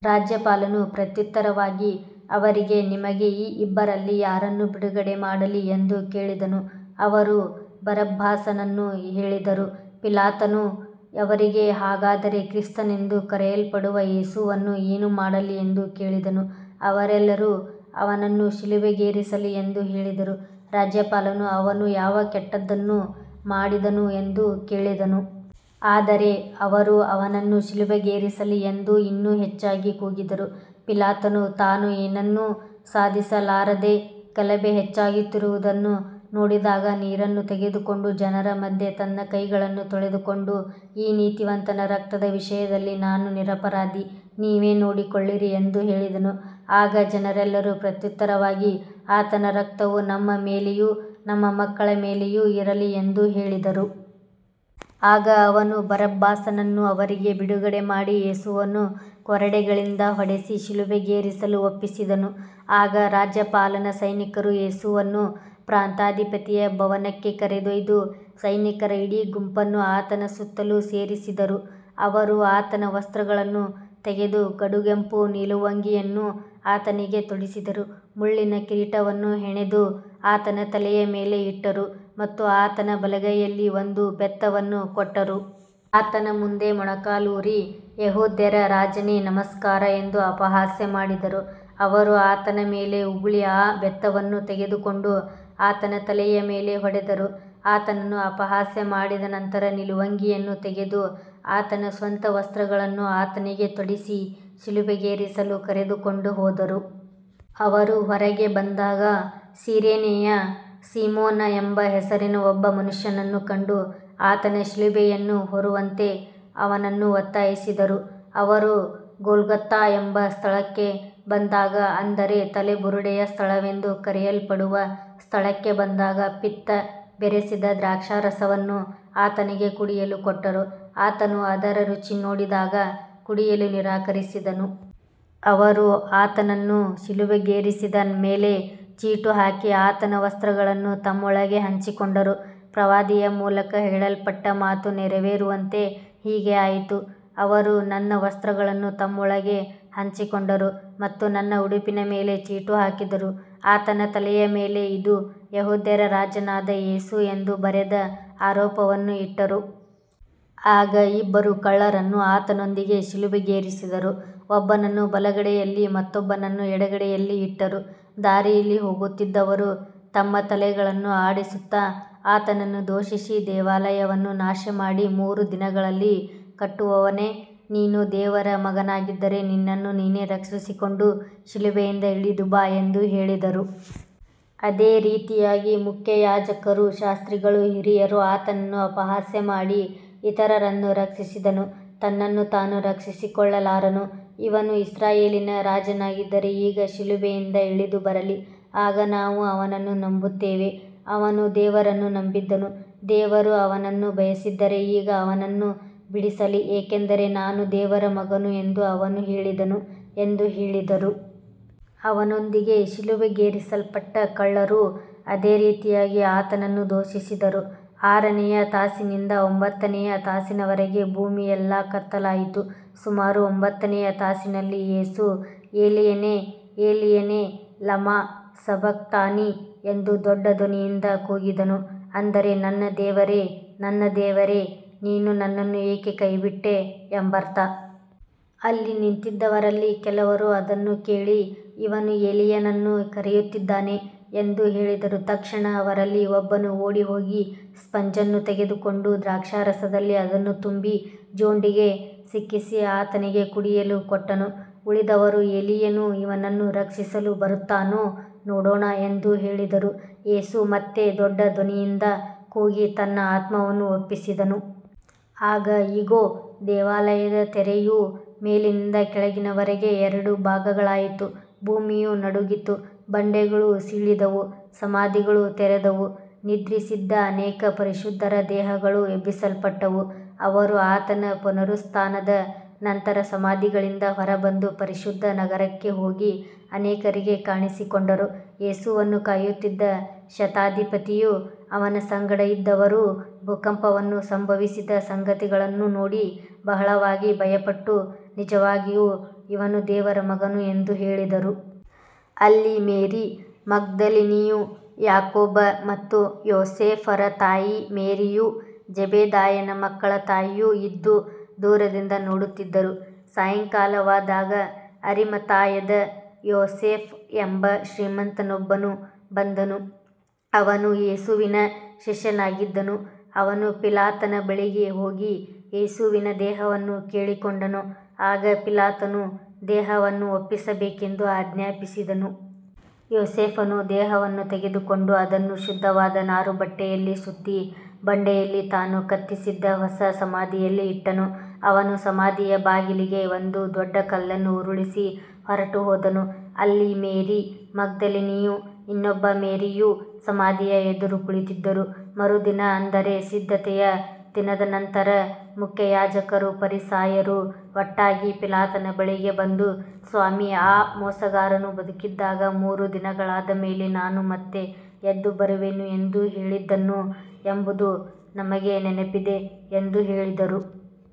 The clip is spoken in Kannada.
ರಾಜ್ಯಪಾಲನು ಪ್ರತ್ಯುತ್ತರವಾಗಿ ಅವರಿಗೆ, ನಿಮಗೆ ಈ ಇಬ್ಬರಲ್ಲಿ ಯಾರನ್ನು ಬಿಡುಗಡೆ ಮಾಡಲಿ ಎಂದು ಕೇಳಿದನು. ಅವರು ಬರಬ್ಬಾಸನನ್ನು ಹೇಳಿದರು. ಪಿಲಾತನು ಅವರಿಗೆ, ಹಾಗಾದರೆ ಕ್ರಿಸ್ತನೆಂದು ಕರೆಯಲ್ಪಡುವ ಯೇಸುವನ್ನು ಏನು ಮಾಡಲಿ ಎಂದು ಕೇಳಿದನು. ಅವರೆಲ್ಲರೂ, ಅವನನ್ನು ಶಿಲುಬೆಗೇರಿಸಲಿ ಎಂದು ಹೇಳಿದರು. ರಾಜ್ಯಪಾಲನು, ಅವನು ಯಾವ ಕೆಟ್ಟದ್ದನ್ನು ಮಾಡಿದನು ಎಂದು ಕೇಳಿದನು. ಆದರೆ ಅವರು, ಅವನನ್ನು ಶಿಲುಬೆಗೇರಿಸಲಿ ಎಂದು ಇನ್ನೂ ಹೆಚ್ಚಾಗಿ ಕೂಗಿದರು. ಪಿಲಾತನು ತಾನು ಏನನ್ನೂ ಸಾಧಿಸಲಾರದೆ ಗಲಭೆ ಹೆಚ್ಚಾಗುತ್ತಿರುವುದನ್ನು ನೋಡಿದಾಗ ನೀರನ್ನು ತೆಗೆದುಕೊಂಡು ಜನರ ಮುಂದೆ ತನ್ನ ಕೈಗಳನ್ನು ತೊಳೆದುಕೊಂಡು, ಈ ನೀತಿವಂತನ ರಕ್ತದ ವಿಷಯದಲ್ಲಿ ನಾನು ನಿರಪರಾಧಿ, ನೀವೇ ನೋಡಿಕೊಳ್ಳಿರಿ ಎಂದು ಹೇಳಿದನು. ಆಗ ಜನರೆಲ್ಲರೂ ಪ್ರತ್ಯುತ್ತರವಾಗಿ, ಆತನ ರಕ್ತವು ನಮ್ಮ ಮೇಲೆಯೂ ನಮ್ಮ ಮಕ್ಕಳ ಮೇಲೆಯೂ ಇರಲಿ ಎಂದು ಹೇಳಿದರು. ಆಗ ಅವನು ಬರಬ್ಬಾಸನನ್ನು ಅವರಿಗೆ ಬಿಡುಗಡೆಮಾಡಿ ಯೇಸುವನ್ನು ಕೊರಡೆಗಳಿಂದ ಹೊಡೆಸಿ ಶಿಲುಬೆಗೇರಿಸಲು ಒಪ್ಪಿಸಿದನು. ಆಗ ರಾಜ್ಯಪಾಲನ ಸೈನಿಕರು ಯೇಸುವನ್ನು ಪ್ರಾಂತಾಧಿಪತಿಯ ಭವನಕ್ಕೆ ಕರೆದೊಯ್ದು ಸೈನಿಕರ ಇಡೀ ಗುಂಪನ್ನು ಆತನ ಸುತ್ತಲೂ ಸೇರಿಸಿದರು. ಅವರು ಆತನ ವಸ್ತ್ರಗಳನ್ನು ತೆಗೆದು ಕಡುಗೆಂಪು ನಿಲುವಂಗಿಯನ್ನು ಆತನಿಗೆ ತೊಡಿಸಿದರು. ಮುಳ್ಳಿನ ಕಿರೀಟವನ್ನು ಹೆಣೆದು ಆತನ ತಲೆಯ ಮೇಲೆ ಇಟ್ಟರು ಮತ್ತು ಆತನ ಬಲಗೈಯಲ್ಲಿ ಒಂದು ಬೆತ್ತವನ್ನು ಕೊಟ್ಟರು. ಆತನ ಮುಂದೆ ಮೊಣಕಾಲೂರಿ, ಯೆಹೂದ್ಯರ ರಾಜನೇ, ನಮಸ್ಕಾರ ಎಂದು ಅಪಹಾಸ್ಯ ಮಾಡಿದರು. ಅವರು ಆತನ ಮೇಲೆ ಉಗುಳಿ ಆ ಬೆತ್ತವನ್ನು ತೆಗೆದುಕೊಂಡು ಆತನ ತಲೆಯ ಮೇಲೆ ಹೊಡೆದರು. ಆತನನ್ನು ಅಪಹಾಸ್ಯ ಮಾಡಿದ ನಂತರ ನಿಲುವಂಗಿಯನ್ನು ತೆಗೆದು ಆತನ ಸ್ವಂತ ವಸ್ತ್ರಗಳನ್ನು ಆತನಿಗೆ ತೊಡಿಸಿ, ಶಿಲುಬೆಗೇರಿಸಲು ಕರೆದುಕೊಂಡು ಹೋದರು. ಅವರು ಹೊರಗೆ ಬಂದಾಗ ಸಿರೇನೆಯ ಸೀಮೋನ ಎಂಬ ಹೆಸರಿನ ಒಬ್ಬ ಮನುಷ್ಯನನ್ನು ಕಂಡು, ಆತನ ಶಿಲುಬೆಯನ್ನು ಹೊರುವಂತೆ ಅವನನ್ನು ಒತ್ತಾಯಿಸಿದರು. ಅವರು ಗೊಲ್ಗೊಥಾ ಎಂಬ ಸ್ಥಳಕ್ಕೆ ಬಂದಾಗ, ಅಂದರೆ ತಲೆಬುರುಡೆಯ ಸ್ಥಳವೆಂದು ಕರೆಯಲ್ಪಡುವ ಸ್ಥಳಕ್ಕೆ ಬಂದಾಗ, ಪಿತ್ತ ಬೆರೆಸಿದ ದ್ರಾಕ್ಷಾರಸವನ್ನು ಆತನಿಗೆ ಕುಡಿಯಲು ಕೊಟ್ಟರು. ಆತನು ಅದರ ರುಚಿ ನೋಡಿದಾಗ ಕುಡಿಯಲು ನಿರಾಕರಿಸಿದನು. ಅವರು ಆತನನ್ನು ಶಿಲುಬೆಗೇರಿಸಿದ ಮೇಲೆ ಚೀಟು ಹಾಕಿ ಆತನ ವಸ್ತ್ರಗಳನ್ನು ತಮ್ಮೊಳಗೆ ಹಂಚಿಕೊಂಡರು. ಪ್ರವಾದಿಯ ಮೂಲಕ ಹೇಳಲ್ಪಟ್ಟ ಮಾತು ನೆರವೇರುವಂತೆ ಹೀಗೆ ಆಯಿತು, ಅವರು ನನ್ನ ವಸ್ತ್ರಗಳನ್ನು ತಮ್ಮೊಳಗೆ ಹಂಚಿಕೊಂಡರು ಮತ್ತು ನನ್ನ ಉಡುಪಿನ ಮೇಲೆ ಚೀಟು ಹಾಕಿದರು. ಆತನ ತಲೆಯ ಮೇಲೆ, ಇದು ಯೆಹೂದ್ಯರ ರಾಜನಾದ ಯೇಸು ಎಂದು ಬರೆದ ಆರೋಪವನ್ನು ಇಟ್ಟರು. ಆಗ ಇಬ್ಬರು ಕಳ್ಳರನ್ನು ಆತನೊಂದಿಗೆ ಶಿಲುಬೆಗೇರಿಸಿದರು, ಒಬ್ಬನನ್ನು ಬಲಗಡೆಯಲ್ಲಿ ಮತ್ತೊಬ್ಬನನ್ನು ಎಡಗಡೆಯಲ್ಲಿ ಇಟ್ಟರು. ದಾರಿಯಲ್ಲಿ ಹೋಗುತ್ತಿದ್ದವರು ತಮ್ಮ ತಲೆಗಳನ್ನು ಆಡಿಸುತ್ತಾ ಆತನನ್ನು ದೂಷಿಸಿ, ದೇವಾಲಯವನ್ನು ನಾಶಮಾಡಿ ಮೂರು ದಿನಗಳಲ್ಲಿ ಕಟ್ಟುವವನೇ, ನೀನು ದೇವರ ಮಗನಾಗಿದ್ದರೆ ನಿನ್ನನ್ನು ನೀನೇ ರಕ್ಷಿಸಿಕೊಂಡು ಶಿಲುಬೆಯಿಂದ ಇಳಿದು ಬಾ ಎಂದು ಹೇಳಿದರು. ಅದೇ ರೀತಿಯಾಗಿ ಮುಖ್ಯಯಾಜಕರೂ ಶಾಸ್ತ್ರಿಗಳೂ ಹಿರಿಯರೂ ಆತನನ್ನು ಅಪಹಾಸ್ಯ ಮಾಡಿ, ಇತರರನ್ನು ರಕ್ಷಿಸಿದನು, ತನ್ನನ್ನು ತಾನು ರಕ್ಷಿಸಿಕೊಳ್ಳಲಾರನು. ಇವನು ಇಸ್ರಾಯೇಲಿನ ರಾಜನಾಗಿದ್ದರೆ ಈಗ ಶಿಲುಬೆಯಿಂದ ಇಳಿದು ಬರಲಿ, ಆಗ ನಾವು ಅವನನ್ನು ನಂಬುತ್ತೇವೆ. ಅವನು ದೇವರನ್ನು ನಂಬಿದ್ದನು, ದೇವರು ಅವನನ್ನು ಬಯಸಿದ್ದರೆ ಈಗ ಅವನನ್ನು ಬಿಡಿಸಲಿ, ಏಕೆಂದರೆ ನಾನು ದೇವರ ಮಗನು ಎಂದು ಅವನು ಹೇಳಿದನು ಎಂದು ಹೇಳಿದರು. ಅವನೊಂದಿಗೆ ಶಿಲುಬೆಗೇರಿಸಲ್ಪಟ್ಟ ಕಳ್ಳರೂ ಅದೇ ರೀತಿಯಾಗಿ ಆತನನ್ನು ದೂಷಿಸಿದರು. ಆರನೆಯ ತಾಸಿನಿಂದ ಒಂಬತ್ತನೆಯ ತಾಸಿನವರೆಗೆ ಭೂಮಿಯೆಲ್ಲಾ ಕತ್ತಲಾಯಿತು. ಸುಮಾರು ಒಂಬತ್ತನೆಯ ತಾಸಿನಲ್ಲಿ ಯೇಸು, ಏಲೀಯನೇ, ಏಲೀಯನೇ, ಲಮಾ ಸಬಕ್ತಾನಿ ಎಂದು ದೊಡ್ಡ ಧ್ವನಿಯಿಂದ ಕೂಗಿದನು, ಅಂದರೆ ನನ್ನ ದೇವರೇ, ನನ್ನ ದೇವರೇ, ನೀನು ನನ್ನನ್ನು ಏಕೆ ಕೈಬಿಟ್ಟೆ ಎಂಬರ್ಥ. ಅಲ್ಲಿ ನಿಂತಿದ್ದವರಲ್ಲಿ ಕೆಲವರು ಅದನ್ನು ಕೇಳಿ, ಇವನು ಏಲೀಯನನ್ನು ಕರೆಯುತ್ತಿದ್ದಾನೆ ಎಂದು ಹೇಳಿದರು. ತಕ್ಷಣ ಅವರಲ್ಲಿ ಒಬ್ಬನು ಓಡಿಹೋಗಿ ಸ್ಪಂಜನ್ನು ತೆಗೆದುಕೊಂಡು ದ್ರಾಕ್ಷಾರಸದಲ್ಲಿ ಅದನ್ನು ತುಂಬಿ ಜೊಂಡಿಗೆ ಸಿಕ್ಕಿಸಿ ಆತನಿಗೆ ಕುಡಿಯಲು ಕೊಟ್ಟನು. ಉಳಿದವರು, ಏಲೀಯನು ಇವನನ್ನು ರಕ್ಷಿಸಲು ಬರುತ್ತಾನೋ ನೋಡೋಣ ಎಂದು ಹೇಳಿದರು. ಯೇಸು ಮತ್ತೆ ದೊಡ್ಡ ಧ್ವನಿಯಿಂದ ಕೂಗಿ ತನ್ನ ಆತ್ಮವನ್ನು ಒಪ್ಪಿಸಿದನು. ಆಗ ಇಗೋ, ದೇವಾಲಯದ ತೆರೆಯು ಮೇಲಿನಿಂದ ಕೆಳಗಿನವರೆಗೆ ಎರಡು ಭಾಗಗಳಾಯಿತು, ಭೂಮಿಯು ನಡುಗಿತು, ಬಂಡೆಗಳು ಸೀಳಿದವು, ಸಮಾಧಿಗಳು ತೆರೆದವು. ನಿದ್ರಿಸಿದ್ದ ಅನೇಕ ಪರಿಶುದ್ಧರ ದೇಹಗಳು ಎಬ್ಬಿಸಲ್ಪಟ್ಟವು. ಅವರು ಆತನ ಪುನರುತ್ಥಾನದ ನಂತರ ಸಮಾಧಿಗಳಿಂದ ಹೊರಬಂದು ಪರಿಶುದ್ಧ ನಗರಕ್ಕೆ ಹೋಗಿ ಅನೇಕರಿಗೆ ಕಾಣಿಸಿಕೊಂಡರು. ಯೇಸುವನ್ನು ಕಾಯುತ್ತಿದ್ದ ಶತಾಧಿಪತಿಯೂ ಅವನ ಸಂಗಡ ಇದ್ದವರೂ ಭೂಕಂಪವನ್ನೂ ಸಂಭವಿಸಿದ ಸಂಗತಿಗಳನ್ನೂ ನೋಡಿ ಬಹಳವಾಗಿ ಭಯಪಟ್ಟು, ನಿಜವಾಗಿಯೂ ಇವನು ದೇವರ ಮಗನು ಎಂದು ಹೇಳಿದರು. ಅಲ್ಲಿ ಮೇರಿ ಮಗ್ದಲಿನಿಯೂ, ಯಾಕೋಬ ಮತ್ತು ಯೋಸೇಫರ ತಾಯಿ ಮೇರಿಯೂ, ಜೆಬೆದಾಯನ ಮಕ್ಕಳ ತಾಯಿಯೂ ಇದ್ದು ದೂರದಿಂದ ನೋಡುತ್ತಿದ್ದರು. ಸಾಯಂಕಾಲವಾದಾಗ ಅರಿಮಥಾಯದ ಯೋಸೇಫ ಎಂಬ ಶ್ರೀಮಂತನೊಬ್ಬನು ಬಂದನು, ಅವನೂ ಯೇಸುವಿನ ಶಿಷ್ಯನಾಗಿದ್ದನು. ಅವನು ಪಿಲಾತನ ಬಳಿಗೆ ಹೋಗಿ ಯೇಸುವಿನ ದೇಹವನ್ನು ಕೇಳಿಕೊಂಡನು. ಆಗ ಪಿಲಾತನು ದೇಹವನ್ನು ಒಪ್ಪಿಸಬೇಕೆಂದು ಆಜ್ಞಾಪಿಸಿದನು. ಯೋಸೇಫನು ದೇಹವನ್ನು ತೆಗೆದುಕೊಂಡು ಅದನ್ನು ಶುದ್ಧವಾದ ನಾರುಬಟ್ಟೆಯಲ್ಲಿ ಸುತ್ತಿ, ಬಂಡೆಯಲ್ಲಿ ತಾನು ಕೆತ್ತಿಸಿದ್ದ ಹೊಸ ಸಮಾಧಿಯಲ್ಲಿ ಇಟ್ಟನು. ಅವನು ಸಮಾಧಿಯ ಬಾಗಿಲಿಗೆ ಒಂದು ದೊಡ್ಡ ಕಲ್ಲನ್ನು ಉರುಳಿಸಿ ಹೊರಟುಹೋದನು. ಅಲ್ಲಿ ಮೇರಿ ಮಗ್ದಲಿನಿಯೂ ಇನ್ನೊಬ್ಬ ಮೇರಿಯೂ ಸಮಾಧಿಯ ಎದುರು ಕುಳಿತಿದ್ದರು. ಮರುದಿನ, ಅಂದರೆ ಸಿದ್ಧತೆಯ ದಿನದ ನಂತರ, ಮುಖ್ಯಯಾಜಕರೂ ಫರಿಸಾಯರೂ ಒಟ್ಟಾಗಿ ಪಿಲಾತನ ಬಳಿಗೆ ಬಂದು, ಸ್ವಾಮಿ, ಆ ಮೋಸಗಾರನು ಬದುಕಿದ್ದಾಗ, ಮೂರು ದಿನಗಳಾದ ಮೇಲೆ ನಾನು ಮತ್ತೆ ಎದ್ದುಬರುವೆನು ಎಂದು ಹೇಳಿದ್ದನು ಎಂಬುದು ನಮಗೆ ನೆನಪಿದೆ ಎಂದು ಹೇಳಿದರು.